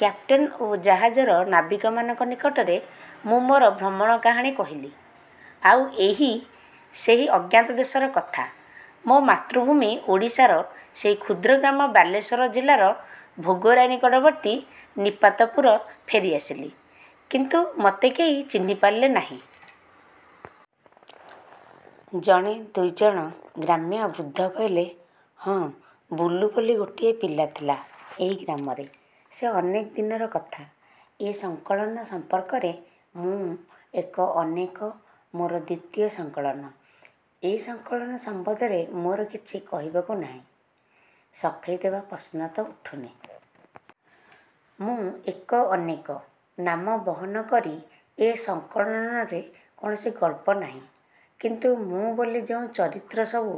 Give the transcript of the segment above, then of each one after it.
Captain ଓ ଜାହାଜର ନାବିକମାନଙ୍କ ନିକଟରେ ମୁଁ ମୋର ଭ୍ରମଣ କାହାଣୀ କହିଲି। ଆଉ ଏହି ସେହି ଅଜ୍ଞାତ ଦେଶର କଥା। ମୋ ମାତୃଭୂମି ଓଡ଼ିଶାର ସେହି କ୍ଷୁଦ୍ର ଗ୍ରାମ ବାଲେଶ୍ୱର ଜିଲ୍ଲାର ଭୋଗରାଇ ନିକଟବର୍ତ୍ତୀ ନିପାତପୁର ଫେରିଆସିଲି। କିନ୍ତୁ ମୋତେ କେହି ଚିହ୍ନିପାରିଲେ ନାହିଁ। ଜଣେ ଦୁଇ ଜଣ ଗ୍ରାମ୍ୟ ବୃଦ୍ଧ କହିଲେ, ''ହଁ, ବୁଲୁ ବୋଲି ଗୋଟିଏ ପିଲା ଥିଲା ଏହି ଗ୍ରାମରେ। ସେ ଅନେକ ଦିନର କଥା। ଏ ସଂକଳନ ସମ୍ପର୍କରେ 'ମୁଁ ଏକ ଅନେକ' ମୋର ଦ୍ୱିତୀୟ ସଂକଳନ! ଏ ସଂକଳନ ସମ୍ବନ୍ଧରେ ମୋର କିଛି କହିବାକୁ ନାହିଁ, ସଫେଇ ଦେବା ପ୍ରଶ୍ନ ତ ଉଠୁନି। 'ମୁଁ ଏକ ଅନେକ' ନାମ ବହନ କରି ଏ ସଂକଳନରେ କୌଣସି ଗଳ୍ପ ନାହିଁ। କିନ୍ତୁ 'ମୁଁ' ବୋଲି ଯେଉଁ ଚରିତ୍ର ସବୁ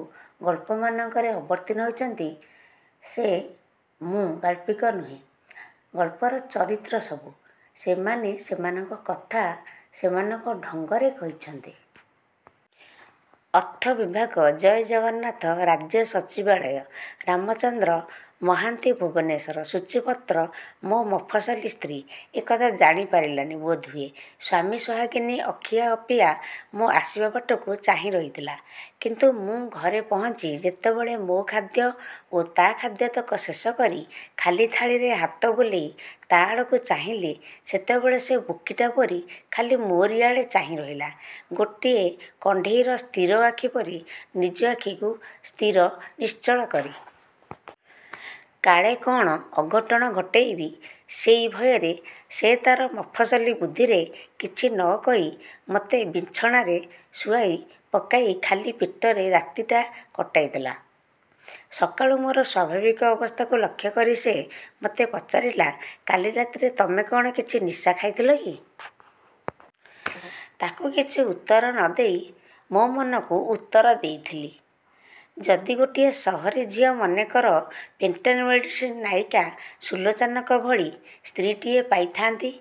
ଗଳ୍ପମାନଙ୍କରେ ଅବତୀର୍ଣ୍ଣ ହୋଇଛନ୍ତି ସେ 'ମୁଁ' ଗାଳ୍ପିକ ନୁହେଁ, ଗଳ୍ପର ଚରିତ୍ର ସବୁ। ସେମାନେ ସେମାନଙ୍କ କଥା ସେମାନଙ୍କ ଢଙ୍ଗରେ କହିଛନ୍ତି। ଅର୍ଥ ବିଭାଗ ଜୟ ଜଗନ୍ନାଥ ରାଜ୍ୟ ସଚିବାଳୟ ରାମଚନ୍ଦ୍ର ମହାନ୍ତି ଭୁବନେଶ୍ଵର- ସୂଚୀପତ୍ର ମୋ' ମଫସଲୀ ସ୍ତ୍ରୀ ଏ କଥା ଜାଣି ପାରିଲାନି ବୋଧହୁଏ। ସ୍ଵାମୀ ସୋହାଗିନୀ ଅଖିଆ ଅପିଆ ମୋ' ଆସିବା ବାଟକୁ ଚାହିଁ ରହିଥିଲା; କିନ୍ତୁ ମୁଁ ଘରେ ପହଞ୍ଚି ଯେତେବେଳେ ମୋ' ଖାଦ୍ୟ ଓ ତା' ଖାଦ୍ୟତକ ଶେଷକରି ଖାଲି ଥାଳୀରେ ହାତ ବୁଲେଇ ତା' ଆଡ଼କୁ ଚାହିଁଲି ସେତେବେଳେ ସେ ବୋକୀଟା ପରି ଖାଲି ମୋରିଆଡ଼େ ଚାହିଁ ରହିଲା ଗୋଟିଏ କଣ୍ଢେଇର ସ୍ଥିର ଆଖି ପରି ନିଜ ଆଖିକୁ ସ୍ଥିର, ନିଶ୍ଚଳ କରି। କାଳେ କ'ଣ ଅଘଟଣ ଘଟେଇବି ସେଇ ଭୟରେ ସେ ତା'ର ମଫସଲୀ ବୁଦ୍ଧିରେ କିଛି ନକହି ମୋତେ ବିଛଣାରେ ଶୁଆଇ ପକାଇ ଖାଲି ପେଟରେ ରାତିଟା କଟେଇ ଦେଲା। ସକାଳୁ ମୋର ସ୍ଵାଭାବିକ ଅବସ୍ଥାକୁ ଲକ୍ଷ୍ୟ କରି ସେ, ମୋତେ ପଚାରିଲା-କାଲି ରାତିରେ ତମେ କ'ଣ କିଛି ନିଶା ଖାଇଥିଲ କି? ତାକୁ କିଛି ଉତ୍ତର ନ ଦେଇ ମୋ' ମନକୁ ଉତ୍ତର ଦେଇଥିଲି-ଯଦି ଗୋଟିଏ ସହରୀ ଝିଅ ମନେକର ପେଟେଣ୍ଟ ମେଡ଼ିସିନ୍ର ନାୟିକା ସୁଲୋଚନାଙ୍କ ଭଳି ସ୍ତ୍ରୀଟିଏ ପାଇଥାନ୍ତି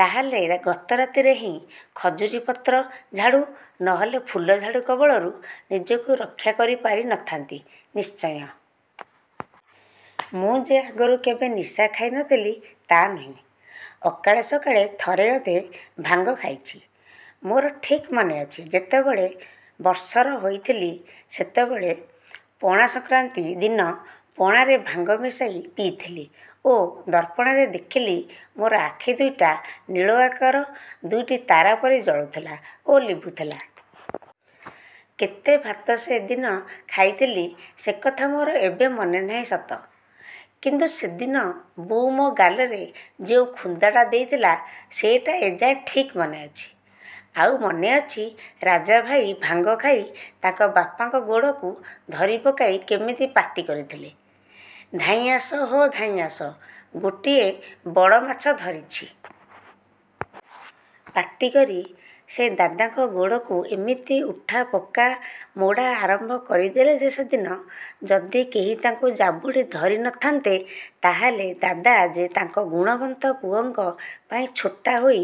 ତା'ହେଲେ ଗତରାତିରେ ହିଁ ଖଜୁରୀପତ୍ର ଝାଡ଼ୁ ନ ହେଲେ ଫୁଲଝାଡ଼ୁ କବଳରୁ ନିଜକୁ ରକ୍ଷା କରିପାରି ନଥାନ୍ତି ନିଶ୍ଚୟ। ମୁଁ ଯେ ଆଗରୁ କେବେ ନିଶା ଖାଇ ନଥିଲି ତା' ନୁହେଁ; ଅକାଳେ ସକାଳେ ଥରେ ଅଧେ ଭାଙ୍ଗ ଖାଇଛି। ମୋର ଠିକ୍ ମନେଅଛି ଯେତେବେଳେ। ବର୍ଷର ହୋଇଥିଲି ସେତେବେଳେ ପଣାସଂକ୍ରାନ୍ତି ଦିନ ପଣାରେ ଭାଙ୍ଗ ମିଶାଇ ପିଇଥିଲି ଓ ଦର୍ପଣରେ ଦେଖିଲି ମୋର ଆଖି ଦୁଇଟା ନୀଳ ଆକାର ଦୁଇଟି ତାରାପରି ଜଳୁଥିଲା ଓ ଲିଭୁଥିଲା। କେତେ ଭାତ ସେ ଦିନ ଖାଇଥିଲି ସେ କଥା ମୋର ଏବେ ମନେ ନାହିଁ ସତ; କିନ୍ତୁ ସେଦିନ ବୋଉ ମୋ' ଗାଲରେ ଯେଉଁ ଖୁନ୍ଦାଟା ଦେଇଥିଲା ସେ'ଟା ଏଯାଏ ଠିକ୍ ମନେ ଅଛି। ଆଉ ମନେଅଛି ରାଜାଭାଇ ଭାଙ୍ଗ ଖାଇ ତାଙ୍କ ବାପାଙ୍କ ଗୋଡ଼କୁ ଧରିପକାଇ କେମିତି ପାଟି କରିଥିଲେ-ଧାଇଁଆସ ହୋ ଧାଇଁଆସ ଗୋଟିଏ ବଡ଼ ମାଛ ଧରିଛି। ପାଟିକରି ସେ ଦାଦାଙ୍କ ଗୋଡ଼କୁ ଏମିତି ଉଠା, ପକା, ମୋଡ଼ା ଆରମ୍ଭ କରିଦେଲେ ଯେ ସେଦିନ ଯଦି କେହି ତାଙ୍କୁ ଜାବୁଡ଼ି ଧରି ନଥାନ୍ତେ ତା'ହେଲେ ଦାଦା ଯେ ତାଙ୍କ ଗୁଣବନ୍ତ ପୁଅଙ୍କ ପାଇଁ ଛୋଟା ହୋଇ